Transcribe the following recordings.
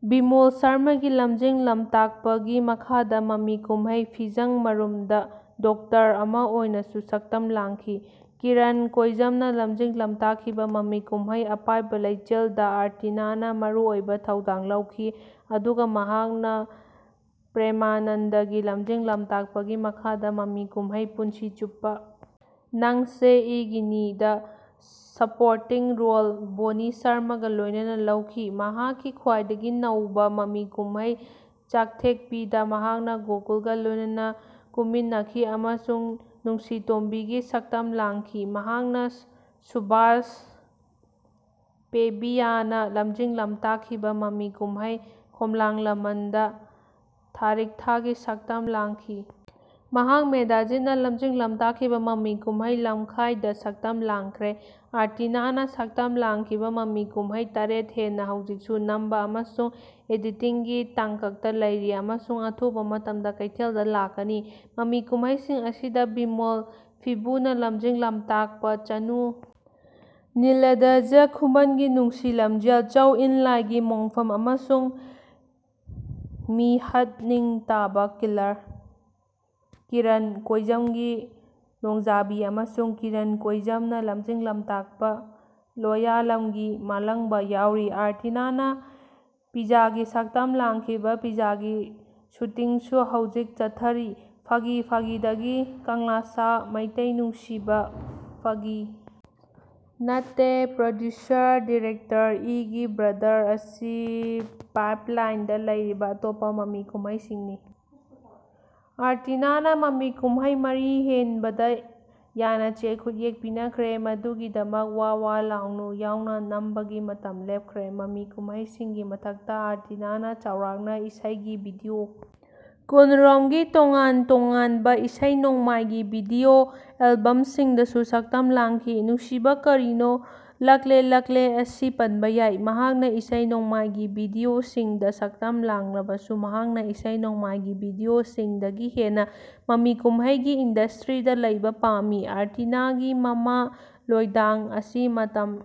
ꯕꯤꯃꯣꯜ ꯁꯔꯃꯥꯒꯤ ꯂꯝꯖꯤꯡ-ꯂꯝꯇꯥꯛꯄꯒꯤ ꯃꯈꯥꯗ ꯃꯃꯤ ꯀꯨꯝꯍꯩ "ꯐꯤꯖꯥꯡ ꯃꯔꯨꯝꯗꯥ"ꯗ ꯗꯣꯛꯇꯔ ꯑꯃ ꯑꯣꯏꯅꯁꯨ ꯁꯛꯇꯝ ꯂꯥꯡꯈꯤ꯫ ꯀꯤꯔꯟ ꯀꯣꯏꯖꯝꯅ ꯂꯝꯖꯤꯡ-ꯂꯝꯇꯥꯛꯈꯤꯕ ꯃꯃꯤ ꯀꯨꯝꯍꯩ "ꯑꯄꯥꯏꯕꯥ ꯂꯦꯆꯤꯜ"ꯗ ꯑꯥꯔꯇꯤꯅꯥꯅ ꯃꯔꯨꯑꯣꯏꯕ ꯊꯧꯗꯥꯡ ꯂꯧꯈꯤ ꯑꯗꯨꯒ ꯃꯍꯥꯛꯅ ꯄ꯭ꯔꯦꯃꯅꯟꯗꯒꯤ ꯂꯝꯖꯤꯡ-ꯂꯝꯇꯥꯛꯄꯒꯤ ꯃꯈꯥꯗ ꯃꯃꯤ ꯀꯨꯝꯍꯩ "ꯄꯨꯟꯁꯤ ꯆꯨꯞꯄꯥ ꯅꯪꯁꯦ ꯏꯒꯤꯅꯤ"ꯗ ꯁꯄꯣꯔꯇꯤꯡ ꯔꯣꯜ (ꯕꯣꯟꯅꯤ ꯁꯔꯃꯥꯒ ꯂꯣꯏꯅꯅ) ꯂꯧꯈꯤ꯫ ꯃꯍꯥꯛꯀꯤ ꯈ꯭ꯋꯥꯏꯗꯒꯤ ꯅꯧꯕ ꯃꯃꯤ ꯀꯨꯝꯍꯩ "ꯆꯛꯊꯦꯛꯄꯤ"ꯗ ꯃꯍꯥꯛꯅ ꯒꯣꯀꯨꯜꯒ ꯂꯣꯏꯅꯅ ꯀꯨꯝꯃꯤꯟꯅꯈꯤ ꯑꯃꯁꯨꯡ ꯅꯨꯡꯁꯤꯇꯣꯝꯕꯤꯒꯤ ꯁꯛꯇꯝ ꯂꯥꯡꯈꯤ꯫ ꯃꯍꯥꯛꯅ ꯁꯨꯚꯥꯁ ꯄꯦꯕꯤꯌꯥꯅ ꯂꯝꯖꯤꯡ-ꯂꯝꯇꯥꯛꯈꯤꯕ ꯃꯃꯤ ꯀꯨꯝꯍꯩ "ꯈꯣꯝꯂꯥꯡ ꯂꯃꯟ"ꯗ ꯊꯥꯔꯤꯛꯊꯥꯒꯤ ꯁꯛꯇꯝ ꯂꯥꯡꯈꯤ꯫ ꯃꯍꯥꯛ ꯃꯦꯙꯥꯖꯤꯠꯅ ꯂꯝꯖꯤꯡ-ꯂꯝꯇꯥꯛꯈꯤꯕ ꯃꯃꯤ ꯀꯨꯝꯍꯩ "ꯂꯝꯈꯥꯏ"ꯗ ꯁꯛꯇꯝ ꯂꯥꯡꯈ꯭ꯔꯦ꯫ ꯑꯥꯔꯇꯤꯅꯥꯅ ꯁꯛꯇꯝ ꯂꯥꯡꯈꯤꯕ ꯃꯃꯤ ꯀꯨꯝꯍꯩ ꯇꯔꯦꯠ ꯍꯦꯟꯅ ꯍꯧꯖꯤꯛꯁꯨ ꯅꯝꯕ ꯑꯃꯁꯨꯡ ꯑꯦꯗꯤꯇꯤꯡꯒꯤ ꯇꯥꯡꯀꯛꯇ ꯂꯩꯔꯤ ꯑꯃꯁꯨꯡ ꯑꯊꯨꯕ ꯃꯇꯝꯗ ꯀꯩꯊꯦꯜꯗ ꯂꯥꯛꯀꯅꯤ꯫ ꯃꯃꯤ ꯀꯨꯝꯍꯩꯁꯤꯡ ꯑꯁꯤꯗ ꯕꯤꯃꯣꯜ ꯐꯤꯕꯨꯅ ꯂꯝꯖꯤꯡ-ꯂꯝꯇꯥꯛꯄ ꯆꯅꯨ, ꯅꯤꯜꯂꯥꯙꯥꯖꯥ ꯈꯨꯃꯟꯒꯤ ꯅꯨꯡꯁꯤ ꯂꯝꯖꯦꯜ, ꯆꯧ-ꯑꯦꯟ-ꯂꯥꯏꯒꯤ ꯃꯣꯡꯐꯝ ꯑꯃꯁꯨꯡ ꯃꯤꯍꯠꯅꯤꯡꯇꯥꯕꯥ ꯀꯤꯂꯔ, ꯀꯤꯔꯟ ꯀꯣꯏꯖꯝꯒꯤ ꯅꯣꯡꯖꯥꯕꯤ ꯑꯃꯁꯨꯡ ꯀꯤꯔꯟ ꯀꯣꯏꯖꯝꯅ ꯂꯝꯖꯤꯡ-ꯂꯝꯇꯥꯛꯄ ꯂꯣꯌꯥꯂꯝꯒꯤ ꯃꯥꯂꯡꯕꯥ ꯌꯥꯎꯔꯤ꯫ ꯑꯥꯔꯇꯤꯅꯥꯅ ꯄꯤꯖꯥꯒꯤ ꯁꯛꯇꯝ ꯂꯥꯡꯈꯤꯕ ꯄꯤꯖꯥꯒꯤ ꯁꯨꯇꯤꯡꯁꯨ ꯍꯧꯖꯤꯛ ꯆꯠꯊꯔꯤ꯫ ꯐꯒꯤ ꯐꯒꯤꯗꯥꯒꯤ, ꯀꯪꯂꯥꯁꯥ ꯃꯩꯇꯩ, ꯅꯨꯡꯁꯤꯕꯥ ꯐꯒꯤ ꯅꯥꯠꯇꯦ, ꯄ꯭ꯔꯣꯗ꯭ꯌꯨꯁꯔ ꯗꯤꯔꯦꯛꯇꯔ, ꯏꯒꯤ ꯕ꯭ꯔꯗꯔ ꯑꯁꯤ ꯄꯥꯏꯞꯂꯥꯏꯟꯗ ꯂꯩꯔꯤꯕ ꯑꯇꯣꯞꯄ ꯃꯃꯤ ꯀꯨꯝꯍꯩꯁꯤꯡꯅꯤ꯫ ꯑꯥꯔꯇꯤꯅꯥꯅ ꯃꯃꯤ ꯀꯨꯝꯍꯩ ꯃꯔꯤ ꯍꯦꯟꯕꯗ ꯌꯥꯅꯆꯦ ꯈꯨꯠꯌꯦꯛ ꯄꯤꯅꯈ꯭ꯔꯦ ꯃꯗꯨꯒꯤꯗꯃꯛ "ꯋꯥ ꯋꯥ ꯂꯥꯎꯅꯨ"ꯌꯥꯎꯅ ꯅꯝꯕꯒꯤ ꯃꯇꯝ ꯂꯦꯞꯈ꯭ꯔꯦ꯫ ꯃꯃꯤ ꯀꯨꯝꯍꯩꯁꯤꯡꯒꯤ ꯃꯊꯛꯇ, ꯑꯥꯔꯇꯤꯅꯥꯅ ꯆꯥꯎꯔꯥꯛꯅ ꯏꯁꯩꯒꯤ ꯚꯤꯗꯤꯑꯣ ꯀꯨꯟꯔꯣꯝꯒꯤ ꯇꯣꯉꯥꯟ-ꯇꯣꯉꯥꯟꯕ ꯏꯁꯩ-ꯅꯣꯡꯃꯥꯏꯒꯤ ꯚꯤꯗꯤꯑꯣ ꯑꯦꯜꯕꯝꯁꯤꯡꯗꯁꯨ ꯁꯛꯇꯝ ꯂꯥꯡꯈꯤ꯫ ꯅꯨꯡꯁꯤꯕꯥ ꯀꯥꯔꯤꯅꯣ, ꯂꯛꯂꯦ ꯂꯛꯂꯦ ꯑꯁꯤ ꯄꯟꯕ ꯌꯥꯏ꯫ ꯃꯍꯥꯛꯅ ꯏꯁꯩ-ꯅꯣꯡꯃꯥꯏꯒꯤ ꯚꯤꯗꯤꯑꯣꯁꯤꯡꯗ ꯁꯛꯇꯝ ꯂꯥꯡꯂꯕꯁꯨ, ꯃꯍꯥꯛꯅ ꯏꯁꯩ-ꯅꯣꯡꯃꯥꯏꯒꯤ ꯚꯤꯗꯤꯑꯣꯁꯤꯡꯗꯒꯤ ꯍꯦꯟꯅ ꯃꯃꯤ ꯀꯨꯝꯍꯩꯒꯤ ꯏꯟꯗꯁꯇ꯭ꯔꯤꯗ ꯂꯩꯕ ꯄꯥꯝꯃꯤ꯫ ꯑꯥꯔꯇꯤꯅꯥꯒꯤ ꯃꯃꯥ ꯂꯣꯏꯗꯥꯡ ꯑꯁꯤ ꯃꯇꯝ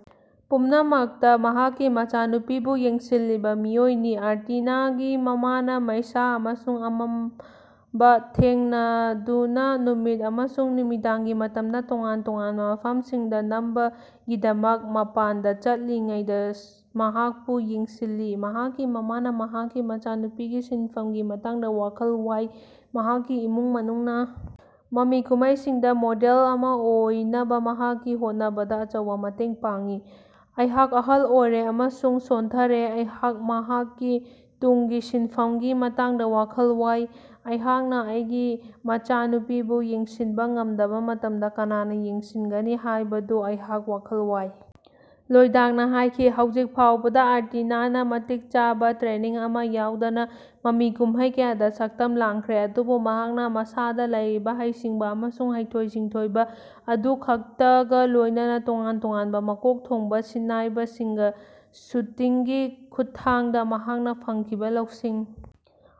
ꯄꯨꯝꯅꯃꯛꯇ ꯃꯍꯥꯛꯀꯤ ꯃꯆꯥꯅꯨꯄꯤꯕꯨ ꯌꯦꯡꯁꯤꯜꯂꯤꯕ ꯃꯤꯑꯣꯏꯅꯤ꯫ ꯑꯥꯔꯇꯤꯅꯥꯒꯤ ꯃꯃꯥꯅ ꯃꯩꯁꯥ ꯑꯃꯁꯨꯡ ꯑꯃꯝꯕ ꯊꯦꯡꯅꯗꯨꯅ ꯅꯨꯃꯤꯠ ꯑꯃꯁꯨꯡ ꯅꯨꯃꯤꯗꯥꯡꯒꯤ ꯃꯇꯝꯗ ꯇꯣꯉꯥꯟ-ꯇꯣꯉꯥꯟꯕ ꯃꯐꯝꯁꯤꯡꯗ ꯅꯝꯕꯒꯤꯗꯃꯛ ꯃꯄꯥꯟꯗ ꯆꯠꯂꯤꯉꯩꯗ ꯃꯍꯥꯛꯄꯨ ꯌꯦꯡꯁꯤꯜꯂꯤ꯫ ꯃꯍꯥꯛꯀꯤ ꯃꯃꯥꯅ ꯃꯍꯥꯛꯀꯤ ꯃꯆꯥꯅꯨꯄꯤꯒꯤ ꯁꯤꯟꯐꯝꯒꯤ ꯃꯇꯥꯡꯗ ꯋꯥꯈꯜ ꯋꯥꯏ꯫ ꯃꯍꯥꯛꯀꯤ ꯏꯃꯨꯡ ꯃꯅꯨꯡꯅ ꯃꯃꯤ ꯀꯨꯝꯍꯩꯁꯤꯡꯗ ꯃꯣꯗꯦꯜ ꯑꯃꯥ ꯑꯣꯏꯅꯕ ꯃꯍꯥꯛꯀꯤ ꯍꯣꯠꯅꯕꯗ ꯑꯆꯧꯕ ꯃꯇꯦꯡ ꯄꯥꯡꯉꯤ꯫"ꯑꯩꯍꯥꯛ ꯑꯍꯜ ꯑꯣꯏꯔꯦ ꯑꯃꯁꯨꯡ ꯁꯣꯟꯊꯔꯦ, ꯑꯩꯍꯥꯛ ꯃꯍꯥꯛꯀꯤ ꯇꯨꯡꯒꯤ ꯁꯤꯟꯐꯝꯒꯤ ꯃꯇꯥꯡꯗ ꯋꯥꯈꯜ ꯋꯥꯏ, ꯑꯩꯍꯥꯛꯅ ꯑꯩꯒꯤ ꯃꯆꯥꯅꯨꯄꯤꯕꯨ ꯌꯦꯡꯁꯤꯟꯕ ꯉꯝꯗꯕ ꯃꯇꯝꯗ ꯀꯅꯥꯅ ꯌꯦꯡꯁꯤꯟꯒꯅꯤ ꯍꯥꯏꯕꯗꯨ ꯑꯩꯍꯥꯛ ꯋꯥꯈꯜ ꯋꯥꯏ", ꯂꯣꯏꯗꯥꯡꯅ ꯍꯥꯏꯈꯤ꯫ ꯍꯧꯖꯤꯛ ꯐꯥꯎꯕꯗ ꯑꯥꯔꯇꯤꯅꯥꯅ ꯃꯇꯤꯛ ꯆꯥꯕ ꯇ꯭ꯔꯦꯅꯤꯡ ꯑꯃ ꯌꯥꯎꯗꯅ ꯃꯃꯤ ꯀꯨꯝꯍꯩ ꯀꯌꯥꯗ ꯁꯛꯇꯝ ꯂꯥꯡꯈ꯭ꯔꯦ ꯑꯗꯨꯕꯨ ꯃꯍꯥꯛꯅ ꯃꯁꯥꯗ ꯂꯩꯔꯤꯕ ꯍꯩꯁꯤꯡꯕ ꯑꯃꯁꯨꯡ ꯍꯩꯊꯣꯏ-ꯁꯤꯡꯊꯣꯏꯕ ꯑꯗꯨꯈꯛꯇꯒ ꯂꯣꯏꯅꯅ꯫ ꯇꯣꯉꯥꯟ-ꯇꯣꯉꯥꯟꯕ ꯃꯀꯣꯛ ꯊꯣꯡꯕ ꯁꯤꯟꯅꯥꯏꯕꯁꯤꯡꯒ ꯁꯨꯇꯤꯡꯒꯤ ꯈꯨꯠꯊꯥꯡꯗ ꯃꯍꯥꯛꯅ ꯐꯪꯈꯤꯕ ꯂꯧꯁꯤꯡ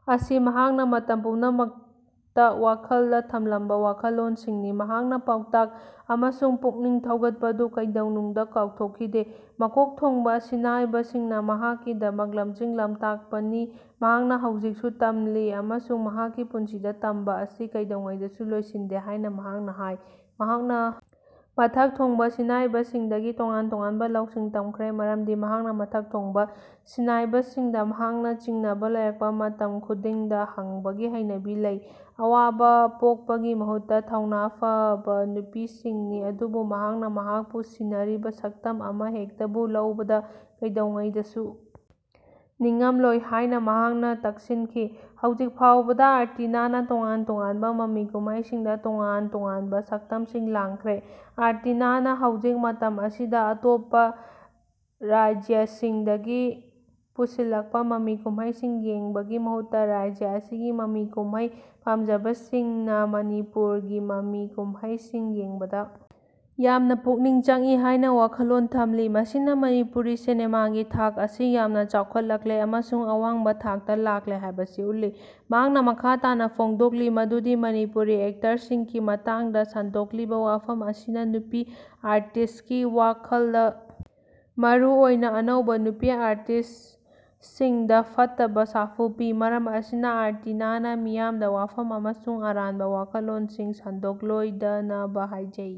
ꯑꯁꯤ ꯃꯍꯥꯛꯅ ꯃꯇꯝ ꯄꯨꯝꯅꯃꯛꯇ ꯋꯥꯈꯜꯗ ꯊꯝꯂꯝꯕ ꯋꯥꯈꯜꯂꯣꯟꯁꯤꯡꯅꯤ꯫ ꯃꯍꯥꯛꯅ ꯄꯥꯎꯇꯥꯛ ꯑꯃꯁꯨꯡ ꯄꯨꯛꯅꯤꯡ ꯊꯧꯒꯠꯄꯗꯨ ꯀꯩꯗꯧꯅꯨꯡꯗ ꯀꯥꯎꯊꯣꯛꯈꯤꯗꯦ꯫ ꯃꯀꯣꯛ ꯊꯣꯡꯕ ꯁꯤꯟꯅꯥꯏꯕꯁꯤꯡꯅ ꯃꯍꯥꯛꯀꯤꯗꯃꯛ ꯂꯝꯖꯤꯡ-ꯂꯝꯇꯥꯛꯄꯅꯤ꯫ ꯃꯍꯥꯛꯅ ꯍꯧꯖꯤꯛꯁꯨ ꯇꯝꯂꯤ ꯑꯃꯁꯨꯡ ꯃꯍꯥꯛꯀꯤ ꯄꯨꯟꯁꯤꯗ ꯇꯝꯕ ꯑꯁꯤ ꯀꯩꯗꯧꯉꯩꯗꯁꯨ ꯂꯣꯏꯁꯤꯟꯗꯦ ꯍꯥꯏꯅ ꯃꯍꯥꯛꯅ ꯍꯥꯏ꯫ ꯃꯍꯥꯛꯅ ꯃꯊꯛ ꯊꯣꯡꯕ ꯁꯤꯟꯅꯥꯏꯕꯁꯤꯡꯗꯒꯤ ꯇꯣꯉꯥꯟ-ꯇꯣꯉꯥꯟꯕ ꯂꯧꯁꯤꯡ ꯇꯝꯈ꯭ꯔꯦ ꯃꯔꯝꯗꯤ ꯃꯍꯥꯛꯅ ꯃꯊꯛ ꯊꯣꯡꯕ ꯁꯤꯟꯅꯥꯏꯕꯁꯤꯡꯗ ꯃꯍꯥꯛꯅ ꯆꯤꯡꯅꯕ ꯂꯩꯔꯛꯄ ꯃꯇꯝ ꯈꯨꯗꯤꯡꯗ ꯍꯪꯕꯒꯤ ꯍꯩꯅꯕꯤ ꯂꯩ꯫ ꯑꯋꯥꯕ ꯄꯣꯛꯄꯒꯤ ꯃꯍꯨꯠꯇ ꯊꯧꯅꯥ ꯐꯕ ꯅꯨꯄꯤꯁꯤꯡꯅꯤ꯫ ꯑꯗꯨꯕꯨ ꯃꯍꯥꯛꯅ ꯃꯍꯥꯛꯄꯨ ꯁꯤꯟꯅꯔꯤꯕ ꯁꯛꯇꯝ ꯑꯃꯍꯦꯛꯇꯕꯨ ꯂꯧꯕꯗ ꯀꯩꯗꯧꯉꯩꯗꯁꯨ ꯅꯤꯡꯉꯝꯂꯣꯏ ꯍꯥꯏꯅ ꯃꯍꯥꯛꯅ ꯇꯛꯁꯤꯟꯈꯤ꯫ ꯍꯧꯖꯤꯛ ꯐꯥꯎꯕꯗ ꯑꯥꯔꯇꯤꯅꯥꯅ ꯇꯣꯉꯥꯟ-ꯇꯣꯉꯥꯟꯕ ꯃꯃꯤ ꯀꯨꯝꯍꯩꯁꯤꯡꯗ ꯇꯣꯉꯥꯟ-ꯇꯣꯉꯥꯟꯕ ꯁꯛꯇꯝꯁꯤꯡ ꯂꯥꯡꯈ꯭ꯔꯦ꯫ ꯑꯥꯔꯇꯤꯅꯥꯅ ꯍꯧꯖꯤꯛ ꯃꯇꯝ ꯑꯁꯤꯗ ꯑꯇꯣꯞꯄ ꯔꯥꯖ꯭ꯌꯁꯤꯡꯗꯒꯤ ꯄꯨꯁꯤꯜꯂꯛꯄ ꯃꯃꯤ ꯀꯨꯝꯍꯩꯁꯤꯡ ꯌꯦꯡꯕꯒꯤ ꯃꯍꯨꯠꯇ ꯔꯥꯖ꯭ꯌ ꯑꯁꯤꯒꯤ ꯃꯃꯤ ꯀꯨꯝꯍꯩ ꯄꯥꯝꯖꯕꯁꯤꯡꯅ ꯃꯅꯤꯄꯨꯔꯒꯤ ꯃꯃꯤ ꯀꯨꯝꯍꯩꯁꯤꯡ ꯌꯦꯡꯕꯗ ꯌꯥꯝꯅ ꯄꯨꯛꯅꯤꯡ ꯆꯪꯏ ꯍꯥꯏꯅ ꯋꯥꯈꯜꯂꯣꯟ ꯊꯝꯂꯤ꯫ ꯃꯁꯤꯅ ꯃꯅꯤꯄꯨꯔꯤ ꯁꯤꯅꯦꯃꯥꯒꯤ ꯊꯥꯛ ꯑꯁꯤ ꯌꯥꯝꯅ ꯆꯥꯎꯈꯠꯂꯛꯂꯦ ꯑꯃꯁꯨꯡ ꯑꯋꯥꯡꯕ ꯊꯥꯛꯇ ꯂꯥꯛꯂꯦ ꯍꯥꯏꯕꯁꯤ ꯎꯠꯂꯤ꯫ ꯃꯍꯥꯛꯅ ꯃꯈꯥ ꯇꯥꯅ ꯐꯣꯡꯗꯣꯛꯂꯤ ꯃꯗꯨꯗꯤ ꯃꯅꯤꯄꯨꯔꯤ ꯑꯦꯛꯇꯔꯁꯤꯡꯒꯤ ꯃꯇꯥꯡꯗ ꯁꯟꯗꯣꯛꯂꯤꯕ ꯋꯥꯐꯝ ꯑꯁꯤꯅ ꯅꯨꯄꯤ ꯑꯥꯔꯇꯤꯁ꯭ꯠꯀꯤ ꯋꯥꯈꯜꯗ ꯃꯔꯨꯑꯣꯏꯅ ꯑꯅꯧꯕ ꯅꯨꯄꯤ ꯑꯥꯔꯇꯤꯁ꯭ꯠꯁꯤꯡꯗ ꯐꯠꯇꯕ ꯁꯥꯐꯨ ꯄꯤ꯫ ꯃꯔꯝ ꯑꯁꯤꯅ, ꯑꯥꯔꯇꯤꯅꯥꯅ ꯃꯤꯌꯥꯝꯗ ꯋꯥꯐꯝ ꯑꯃꯁꯨꯡ ꯑꯔꯥꯟꯕ ꯋꯥꯈꯜꯂꯣꯟꯁꯤꯡ ꯁꯟꯗꯣꯛꯂꯣꯏꯗꯅꯕ ꯍꯥꯏꯖꯩ"꯫